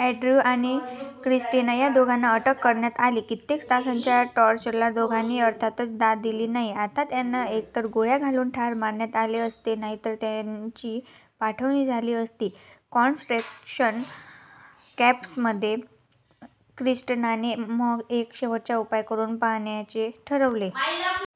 Andrew आणि Christina या दोघांना अटक करण्यात आली. कित्येक तासांच्या टॉर्चरला दोघांनी अर्थातच दाद दिली नाही. आता त्यांना एकतर गोळ्या घालून ठार मारण्यात आले असते, नाहीतर त्यांची पाठवणी झाली असती कॉन्सट्रेक्शन कॅप्समध्ये. क्रिस्टीनाने मग एक शेवटचा उपाय करून पाहण्याचे ठरवले.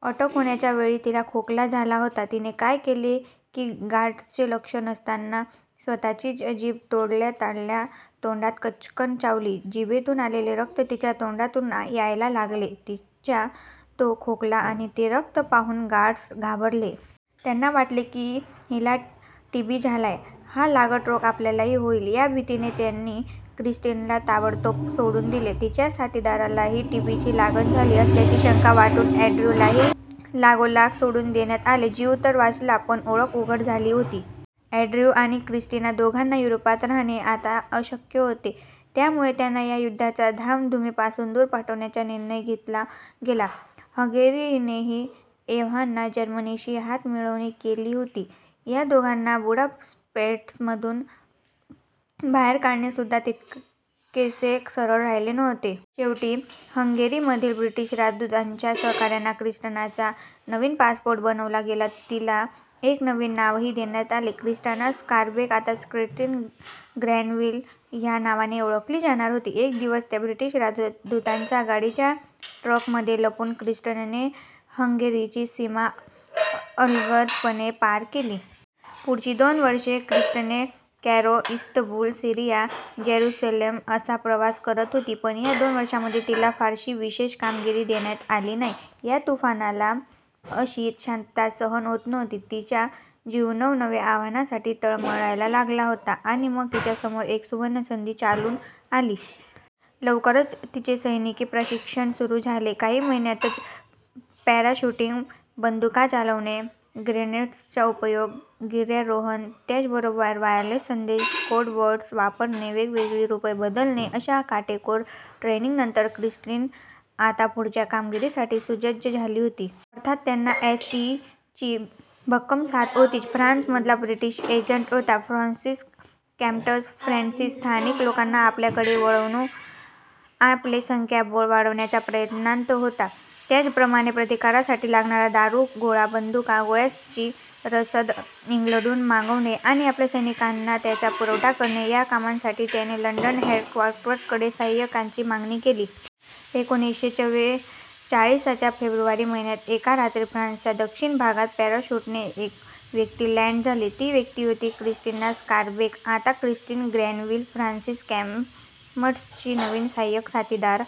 अटक होण्याच्या वेळी तिला खोकला झाला होता. तिने काय केले की गार्ड्सचे लक्ष नसताना स्वतःचीच जीभ तोंडल्या ताडल्या तोंडात कच्चकन चावली. जिभेतून आलेले रक्त तिच्या तोंडातून यायला लागले. तिचा तो खोकला आणि ते रक्त पाहून गार्ड्स घाबरले. त्यांना वाटले की हिला टीबी झालाय. हा लागट रोग आपल्यालाही होईल या भीतीने त्यांनी क्रिस्टीनाला ताबडतोब सोडून दिले. तिच्या साथीदारालाही टीबीची लागण झाली असल्याची शंका वाटून अँड्र्यूलाही लगोलाग सोडून देण्यात आले. जीव तर वाचला, पण ओळख उघड झाली होती. अँड्र्यू आणि क्रिस्टीना दोघांना युरोपात राहणे आता अशक्य होते. त्यामुळे त्यांना या युद्धाच्या धामधुमीपासून दूर पाठवण्याचा निर्णय घेतला गेला. हंगेरीनेही एव्हाना जर्मनीशी हातमिळवणी केली होती. या दोघांना बुडापेटस् मधून बाहेर काढणेसुद्धा तितकेसे सरळ राहिले नव्हते. शेवटी हंगेरीमधील ब्रिटिश राजदूताच्या सहकाऱ्यांना क्रिस्टीनाचा नवीन पासपोर्ट बनवला गेला. तिला एक नवीन नावही देण्यात आले. ना क्रिस्टीना स्कारबेक आता क्रिस्टीन ग्रॅनविल या नावाने ओळखली जाणार होती. एक दिवस त्या ब्रिटिश राजदूताच्या गाडीच्या ट्रंकमध्ये लपून क्रिस्टीनने हंगेरीची सीमा अलगदपणे पार केली. पुढची दोन वर्षे Christine Cairo, Istanbul, Syria, Jerusalem असा प्रवास करत होती. पण या दोन वर्षांमध्ये तिला फारशी विशेष कामगिरी देण्यात आली नाही. या तुफानाला अशी शांतता सहन होत नव्हती. तिचा जीव नवनव्या आव्हानांसाठी तळमळायला लागला होता आणि मग तिच्यासमोर एक सुवर्णसंधी चालून आली. लवकरच तिचे सैनिकी प्रशिक्षण सुरू झाले. काही महिन्यांतच पॅराशूटिंग, बंदुका चालवणे, ग्रेनेड्सचा उपयोग, गिर्यारोहण, त्याचबरोबर वायरलेस संदेश, कोड वर्ड्स वापरणे, वेगवेगळी रूपे बदलणे अशा काटेकोर ट्रेनिंगनंतर क्रिस्टीन आता पुढच्या कामगिरीसाठी सुजज्ज झाली होती. अर्थात त्यांना एस.ई.ची भक्कम साथ होतीच. फ्रान्समधला ब्रिटिश एजंट होता फ्रान्सिस कॅमट्स. फ्रान्सिस, स्थानिक लोकांना आपल्याकडे वळवून आपले संख्याबळ वाढवण्याच्या प्रयत्नात होता. त्याचप्रमाणे प्रतिकारासाठी लागणारा दारूगोळा, बंदुका, गोळ्यांची रसद इंग्लंडहून मागवणे आणि आपल्या सैनिकांना त्याचा पुरवठा करणे या कामांसाठी त्याने लंडन हेडक्वॉटरकडे साहाय्यकाची मागणी केली. एकोणीसशे चव्वेचाळीसच्या फेब्रुवारी महिन्यात एका रात्री फ्रान्सच्या दक्षिण भागात पॅराशूटने एक व्यक्ती लँड झाली. ती व्यक्ती होती क्रिस्टीना स्कारबेक आता क्रिस्टीन ग्रॅनविल! फ्रान्सिस कॅमट्सची नवीन साहाय्यक, साथीदार